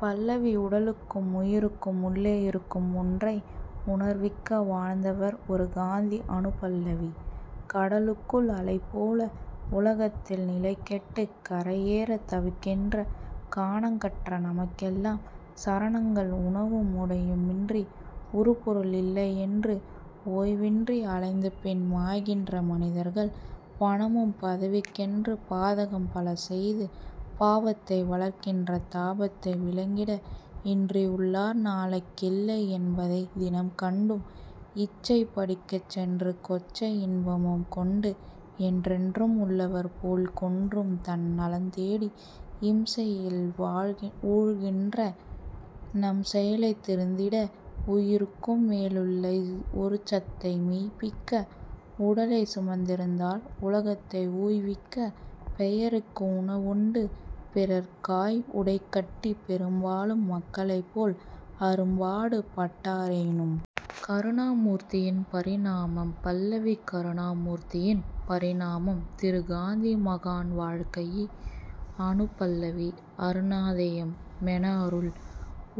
பல்லவி உடலுக்கும் உயிருக்கும் உள்ளே இருக்கும் ஒன்றை உணர்விக்க வாழ்ந்தவர் ஒரு காந்தி அநுபல்லவி கடலுக்குள் அலைபோல உலகத்தில் நிலைகெட்டுக் கரையேறத் தவிக்கின்ற காணக்கற்ற நமக்கெல்லாம் சரணங்கள் உணவும் உடையுமின்றி உறுபொருள் இல்லையென்று ஓய்வின்றி அலைந்துபின் மாய்கின்ற மனிதர்கள் பணமும் பதவிக்கென்று பாதகம் பலசெய்து பாவத்தை வளர்க்கின்ற தாபத்தை விலக்கிட இன்றுள்ளார் நாளைக்கில்லை என்பதைத் தினம்கண்டும் இச்சைப் படிக்குச்சென்று கொச்சை யின்பமும்கொண்டும் என்றென்றும் உள்ளவர்போல் கொன்றும்தன் நலந்தேடி இம்சையில் உழல்கின்ற நம்செயல் திருந்திட உயிருக்கும் மேலுள்ள ஒருசத்தை மெய்ப்பிக்க உடலைச் சுமந்திருந்தார் உலகத்தை உய்விக்க பெயருக்கு உணவுண்டு பிறருக்காய் உடைகட்டிப் பெரும்பாலும் மக்களைப்போல் அரும்பாடு பட்டாரேனும். கருணாமூர்த்தியின் பரிணாமம் பல்லவி கருணா மூர்த்தியின் பரிணாமம் திரு காந்தி மகான் வாழ்க்கை அநுபல்லவி அருணோதய மெனஅருள்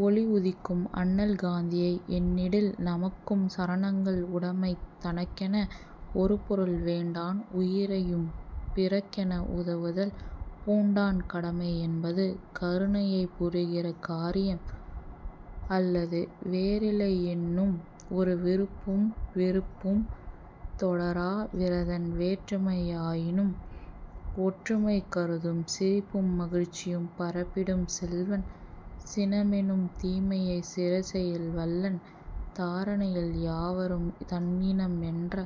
ஒளி உதிக்கும் அண்ணல் காந்தியை எண்ணிடில் நமக்கும் சரணங்கள் உடைமை தனக்கென ஒருபொருள் வேண்டான் உயிரையும் பிறர்க்கென உதவுதல் பூண்டான் கடமை என்பது கருணையைப் புரிகிற காரியம் அல்லது வேறிலை எனும்ஒரு விருப்பும் வெறுப்பும் தொடரா விரதன் வேற்றுமை யாயினும் ஒற்றுமை கருதும் சிரிப்பும் மகிழ்ச்சியும் பரப்பிடும் செல்வன் சினமெனும் தீமையைச் சிறைசெய வல்லன் தாரணியில் யாவரும் தன்இனம் என்ற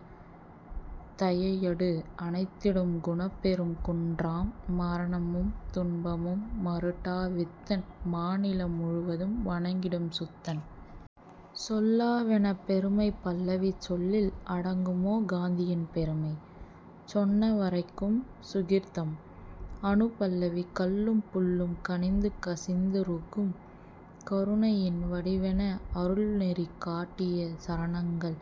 தயையடு அணைத்திடும் குணப்பெரும் குன்றாம் மரணமும் துன்பமும் மருட்டா வித்தன் மாநிலம் முழுவதும் வணங்கிடும் சுத்தன்.. சொல்லவொண்ணாப் பெருமை பல்லவி சொல்லில் அடங்குமோ காந்தியின் பெருமை? சொன்ன வரைக்கும் சுகிர்தம்? அநுபல்லவி கல்லும் புல்லும் கனிந்து கசிந்து ருகும் கருணையின் வடிவென அருள்நெறி காட்டிய சரணங்கள்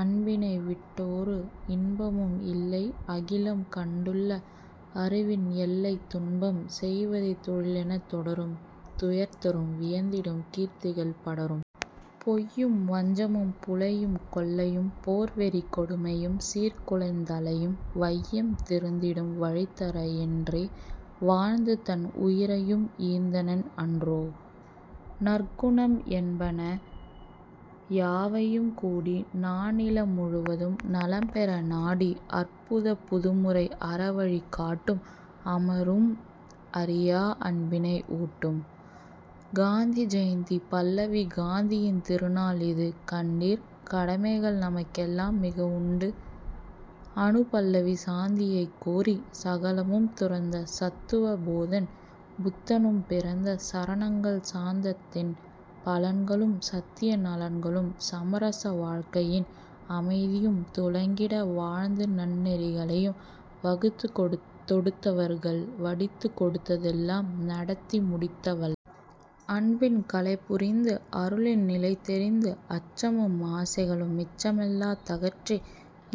அன்பினை விட்டொரு இன்பமும் இல்லை அகிலம் கண்டுள அறிவின் எல்லை துன்பம் செய்வதைத் தொழிலெனத் தொடரும் துயர்த்தரும் வியந்திடும் கீர்த்திகள் படரும். பொய்யும் வஞ்சமும் புலையும் கொலையும் போர்வெறிக் கொடுமையும் சீர்குலைந் தலையும் வையம் திருந்திடும் வழிதர என்றே வாழ்ந்துதன் உயிரையும் ஈந்தனன் அன்றோ! நற்குணம் என்பன யாவையும் கூடி நானிலம் முழுவதும் நலம்பெற நாடி அற்புதப் புதுமுறை அறவழி காட்டும் அமரும் அறிய அன்பினை ஊட்டும்.. காந்தி ஜயந்தி பல்லவி காந்தியின் திருநாள் இது கண்டீர் கடமைகள் நமக்கெலாம் மிகஉண்டு அநுபல்லவி சாந்தியைக் கோரிச் சகலமும் துறந்த சத்துவ போதன் புத்தனும் பிறந்த சரணங்கள் சாந்தத்தின் பலன்களும் சத்திய நலன்களும் சமரச வாழ்க்கையின் அமைதியும் துலங்கிட வாழ்ந்துநன் னெறிகளை வகுத்துத் தொடுத்தவர்கள் வடித்துக் கொடுத்ததெல்லாம் நடத்தி முடித்த வள்ளல். அன்பின் கலைபுரிந்து அருளின் நிலைதெரிந்து அச்சமும் ஆசைகளும் மிச்சமில்லா தகற்றி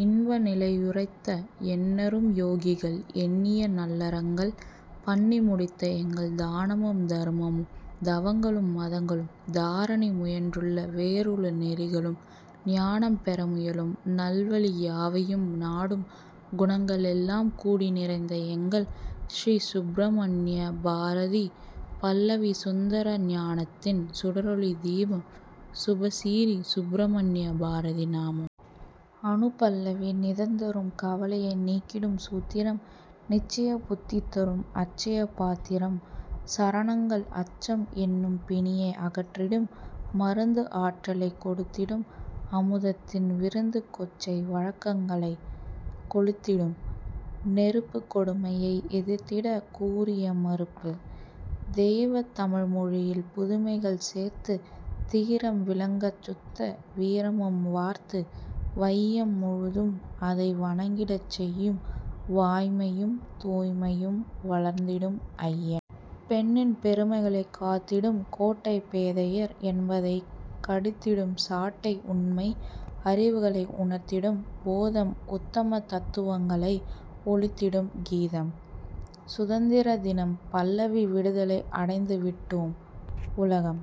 இன்ப நிலையுரைத்த எண்ணரும் யோகிகள் எண்ணிய நல்லறங்கள் பண்ணிமுடித்த எங்கள் தானமும் தருமமும் தவங்களும் மதங்களும் தாரணி முயன்றுள வேறுள நெறிகளும் ஞானம் பெறமுயலும் நல்வழி யாவையும் நாடும் குணங்களெல்லாம் கூடிநிறைந்த எங்கள். ஸ்ரீ சுப்பிரமண்ய பாரதி பல்லவி சுதந்தர ஞானத்தின் சுடரொளி தீபம் சுபசிறீ சுப்பிரமண்ய பாரதி நாமம். அநுபல்லவி நிதந்தரும் கவலையை நீக்கிடும் சூத்திரம் நிச்சய புத்திதரும் அட்சய பாத்திரம் சரணங்கள் அச்சம் எனும்பிணியை அகற்றிடும் மருந்து ஆற்றலைக் கொடுத்திடும் அமுதத்தின் விருந்து கொச்சை வழக்கங்களைக் கொளுத்திடும் நெருப்பு கொடுமையை எதிர்த்திடக் கூரிய மறுப்பு! தெய்வத் தமிழ்மொழியில் புதுமைகள் சேர்த்துத் தீரம் விளங்கச்சுத்த வீரமும் வார்த்து வையம் முழுதும்அதை வணங்கிடச் செய்யும் வாய்மையும் தூய்மையும் வளர்ந்திடும் ஐயன்! பெண்ணின் பெருமைகளைக் காத்திடும் கோட்டை பேதையர் என்பதைக் கடித்திடும் சாட்டை உண்மை அறிவுகளை உணர்த்திடும் போதம் உத்தம தத்துவங்களை ஒலித்திடும் கீதம்!. சுதந்தர தினம் பல்லவி விடுதலை அடைந்து விட்டோம்--உலகம்